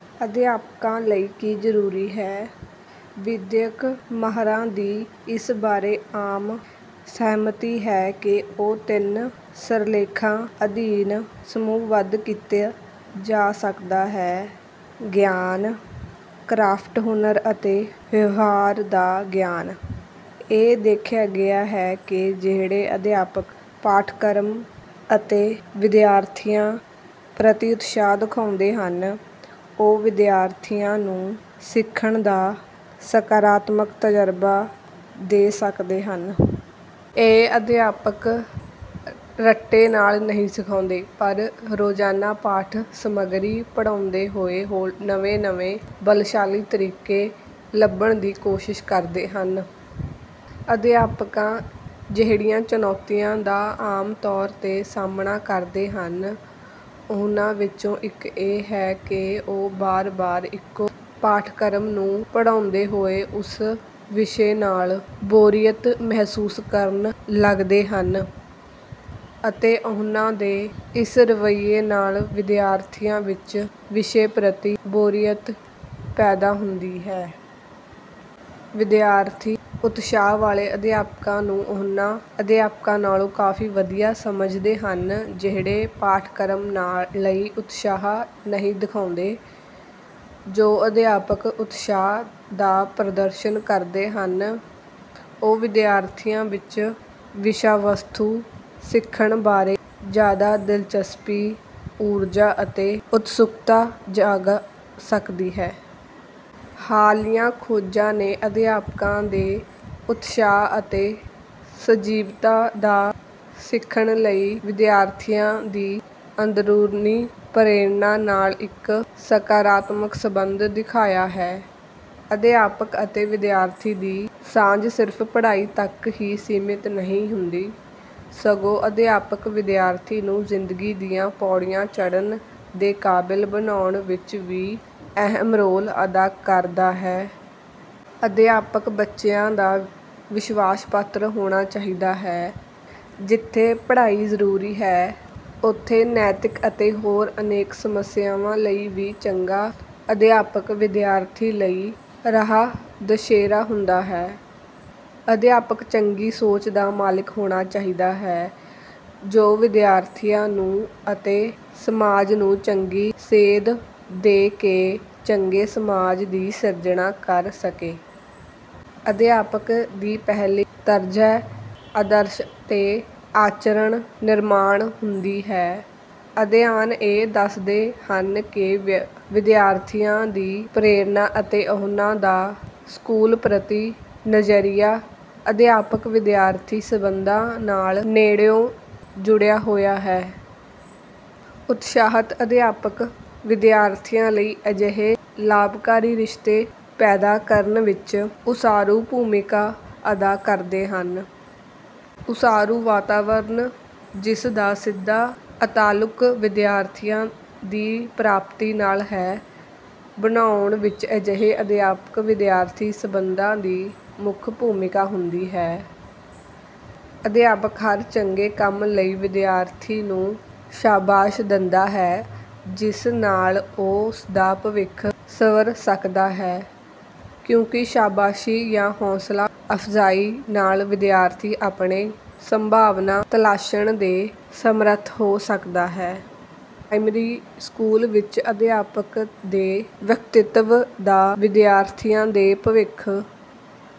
ਅਧਿਆਪਕਾਂ ਲਈ ਕੀ ਜ਼ਰੂਰੀ ਹੈ? ਵਿੱਦਿਅਕ ਮਾਹਿਰਾਂ ਦੀ ਇਸ ਬਾਰੇ ਆਮ ਸਹਿਮਤੀ ਹੈ ਕਿ ਉਹ ਤਿੰਨ ਸਿਰਲੇਖਾਂ ਅਧੀਨ ਸਮੂਹਬੱਧ ਕੀਤਾ ਜਾ ਸਕਦਾ ਹੈ: ਗਿਆਨ, ਕਰਾਫਟ ਹੁਨਰ ਅਤੇ ਵਿਵਹਾਰਾਂ ਦਾ ਗਿਆਨ। ਇਹ ਦੇਖਿਆ ਗਿਆ ਹੈ ਕਿ ਜਿਹੜੇ ਅਧਿਆਪਕ ਪਾਠਕ੍ਰਮ ਅਤੇ ਵਿਦਿਆਰਥੀਆਂ ਪ੍ਰਤੀ ਉਤਸ਼ਾਹ ਦਿਖਾਉਂਦੇ ਹਨ, ਉਹ ਵਿਦਿਆਰਥੀਆਂ ਨੂੰ ਸਿੱਖਣ ਦਾ ਸਕਾਰਾਤਮਕ ਤਜ਼ਰਬਾ ਦੇ ਸਕਦੇ ਹਨ। ਇਹ ਅਧਿਆਪਕ ਰੱਟੇ ਨਾਲ ਨਹੀਂ ਸਿਖਾਉਂਦੇ, ਪਰ ਰੋਜ਼ਾਨਾ ਪਾਠ ਸਮੱਗਰੀ ਪੜ੍ਹਾਉਂਦੇ ਹੋਏ ਨਵੇਂ-ਨਵੇਂ ਬਲਸ਼ਾਲੀ ਤਰੀਕੇ ਲੱਭਣ ਦੀ ਕੋਸ਼ਿਸ਼ ਕਰਦੇ ਹਨ। ਅਧਿਆਪਕ ਜਿਹੜੀਆਂ ਚੁਣੌਤੀਆਂ ਦਾ ਆਮ ਤੌਰ 'ਤੇ ਸਾਹਮਣਾ ਕਰਦੇ ਹਨ, ਉਹਨਾਂ ਵਿੱਚੋਂ ਇੱਕ ਇਹ ਹੈ ਕਿ ਉਹ ਵਾਰ-ਵਾਰ ਇੱਕੋ ਪਾਠਕ੍ਰਮ ਨੂੰ ਪੜ੍ਹਾਉਂਦੇ ਹੋਏ ਉਸ ਵਿਸ਼ੇ ਨਾਲ ਬੋਰੀਅਤ ਮਹਿਸੂਸ ਕਰਨ ਲੱਗਦੇ ਹਨ, ਅਤੇ ਉਹਨਾਂ ਦੇ ਇਸ ਰਵੱਈਏ ਨਾਲ ਵਿਦਿਆਰਥੀਆਂ ਵਿੱਚ ਵਿਸ਼ੇ ਪ੍ਰਤੀ ਬੋਰੀਅਤ ਪੈਦਾ ਹੁੰਦੀ ਹੈ। ਵਿਦਿਆਰਥੀ ਉਤਸ਼ਾਹ ਵਾਲੇ ਅਧਿਆਪਕਾਂ ਨੂੰ ਉਨ੍ਹਾਂ ਅਧਿਆਪਕਾਂ ਨਾਲੋਂ ਕਾਫੀ ਵਧੀਆ ਸਮਝਦੇ ਹਨ ਜਿਹੜੇ ਪਾਠਕ੍ਰਮ ਲਈ ਉਤਸ਼ਾਹ ਨਹੀਂ ਦਿਖਾਉਂਦੇ। ਜੋ ਅਧਿਆਪਕ ਉਤਸ਼ਾਹ ਦਾ ਪ੍ਰਦਰਸ਼ਨ ਕਰਦੇ ਹਨ, ਉਹ ਵਿਦਿਆਰਥੀਆਂ ਵਿੱਚ ਵਿਸ਼ਾ-ਵਸਤੂ ਸਿੱਖਣ ਬਾਰੇ ਜ਼ਿਆਦਾ ਦਿਲਚਸਪੀ, ਊਰਜਾ ਅਤੇ ਉਤਸੁਕਤਾ ਜਗਾ ਸਕਦੇ ਹਨ। ਹਾਲੀਆ ਖੋਜਾਂ ਨੇ ਅਧਿਆਪਕਾਂ ਦੇ ਉਤਸਾਹ ਅਤੇ ਸਜੀਵਤਾ ਦਾ ਸਿੱਖਣ ਲਈ ਵਿਦਿਆਰਥੀਆਂ ਦੀ ਅੰਦਰੂਨੀ ਪ੍ਰੇਰਣਾ ਨਾਲ ਇੱਕ ਸਕਾਰਾਤਮਕ ਸਬੰਧ ਦਿਖਾਇਆ ਹੈ। ਅਧਿਆਪਕ ਅਤੇ ਵਿਦਿਆਰਥੀ ਦੀ ਸਾਂਝ ਸਿਰਫ਼ ਪੜ੍ਹਾਈ ਤੱਕ ਹੀ ਸੀਮਤ ਨਹੀਂ ਹੁੰਦੀ, ਸਗੋਂ ਅਧਿਆਪਕ ਵਿਦਿਆਰਥੀ ਨੂੰ ਜ਼ਿੰਦਗੀ ਦੀਆਂ ਪੌੜੀਆਂ ਚੜ੍ਹਨ ਦੇ ਕਾਬਲ ਬਣਾਉਣ ਵਿੱਚ ਵੀ ਅਹਿਮ ਰੋਲ ਅਦਾ ਕਰਦਾ ਹੈ। ਅਧਿਆਪਕ ਬੱਚਿਆਂ ਦਾ ਵਿਸ਼ਵਾਸ-ਪਾਤਰ ਹੋਣਾ ਚਾਹੀਦਾ ਹੈ। ਜਿੱਥੇ ਪੜ੍ਹਾਈ ਜ਼ਰੂਰੀ ਹੈ, ਉੱਥੇ ਨੈਤਿਕ ਤੇ ਹੋਰ ਅਨੇਕਾਂ ਸਿੱਖਿਆਵਾਂ ਲਈ ਵੀ ਚੰਗਾ ਅਧਿਆਪਕ ਵਿਦਿਆਰਥੀ ਲਈ ਰਾਹ-ਦਸੇਰਾ ਹੁੰਦਾ ਹੈ। ਅਧਿਆਪਕ ਚੰਗੀ ਸੋਚ ਦਾ ਮਾਲਕ ਹੋਣਾ ਚਾਹੀਦਾ ਹੈ, ਜੋ ਵਿਦਿਆਰਥੀਆਂ ਨੂੰ ਅਤੇ ਸਮਾਜ ਨੂੰ ਚੰਗੀ ਸੇਧ ਦੇ ਕੇ ਚੰਗੇ ਸਮਾਜ ਦੀ ਸਿਰਜਣਾ ਕਰ ਸਕੇ। ਅਧਿਆਪਕ ਦੀ ਪਹਿਲੀ ਤਰਜੀਹ ਆਦਰਸ਼ ਤੇ ਆਚਰਣ ਨਿਰਮਾਣ ਹੁੰਦੀ ਹੈ। ਅਧਿਐਨ ਇਹ ਦੱਸਦੇ ਹਨ ਕਿ ਵਿਦਿਆਰਥੀਆਂ ਦੀ ਪ੍ਰੇਰਨਾ ਅਤੇ ਉਹਨਾਂ ਦਾ ਸਕੂਲ ਪ੍ਰਤੀ ਨਜ਼ਰੀਆ ਅਧਿਆਪਕ-ਵਿਦਿਆਰਥੀ ਸੰਬੰਧਾਂ ਨਾਲ ਨੇੜਿਓਂ ਜੁੜਿਆ ਹੋਇਆ ਹੈ। ਉਤਸਾਹਿਤ ਅਧਿਆਪਕ ਵਿਦਿਆਰਥੀਆਂ ਲਈ ਅਜਿਹੇ ਲਾਭਕਾਰੀ ਰਿਸ਼ਤੇ ਪੈਦਾ ਕਰਨ ਵਿੱਚ ਉਸਾਰੂ ਭੂਮਿਕਾ ਅਦਾ ਕਰਦੇ ਹਨ। ਉਸਾਰੂ ਵਾਤਾਵਰਣ, ਜਿਸ ਦਾ ਸਿੱਧਾ ਤਾਅਲੁਕ ਵਿਦਿਆਰਥੀਆਂ ਦੀ ਪ੍ਰਾਪਤੀ ਨਾਲ ਹੈ, ਬਣਾਉਣ ਵਿੱਚ ਅਜਿਹੇ ਅਧਿਆਪਕ-ਵਿਦਿਆਰਥੀ ਸੰਬੰਧਾਂ ਦੀ ਮੁੱਖ ਭੂਮਿਕਾ ਹੁੰਦੀ ਹੈ। ਅਧਿਆਪਕ ਹਰ ਚੰਗੇ ਕੰਮ ਲਈ ਵਿਦਿਆਰਥੀ ਨੂੰ ਸ਼ਾਬਾਸ਼ ਦਿੰਦਾ ਹੈ, ਜਿਸ ਨਾਲ ਉਸ ਦਾ ਭਵਿੱਖ ਸੰਵਰ ਸਕਦਾ ਹੈ, ਕਿਉਂਕਿ ਸ਼ਾਬਾਸ਼ ਜਾਂ ਹੌਂਸਲਾ-ਅਫਜ਼ਾਈ ਨਾਲ ਵਿਦਿਆਰਥੀ ਆਪਣੀ ਸੰਭਾਵਨਾ ਤਲਾਸ਼ਣ ਦੇ ਸਮਰੱਥ ਹੋ ਸਕਦਾ ਹੈ। ਪ੍ਰਾਇਮਰੀ ਸਕੂਲ ਵਿੱਚ ਅਧਿਆਪਕ ਦੇ ਵਿਅਕਤਿਤ੍ਵ ਦਾ ਵਿਦਿਆਰਥੀਆਂ ਦੇ ਭਵਿੱਖ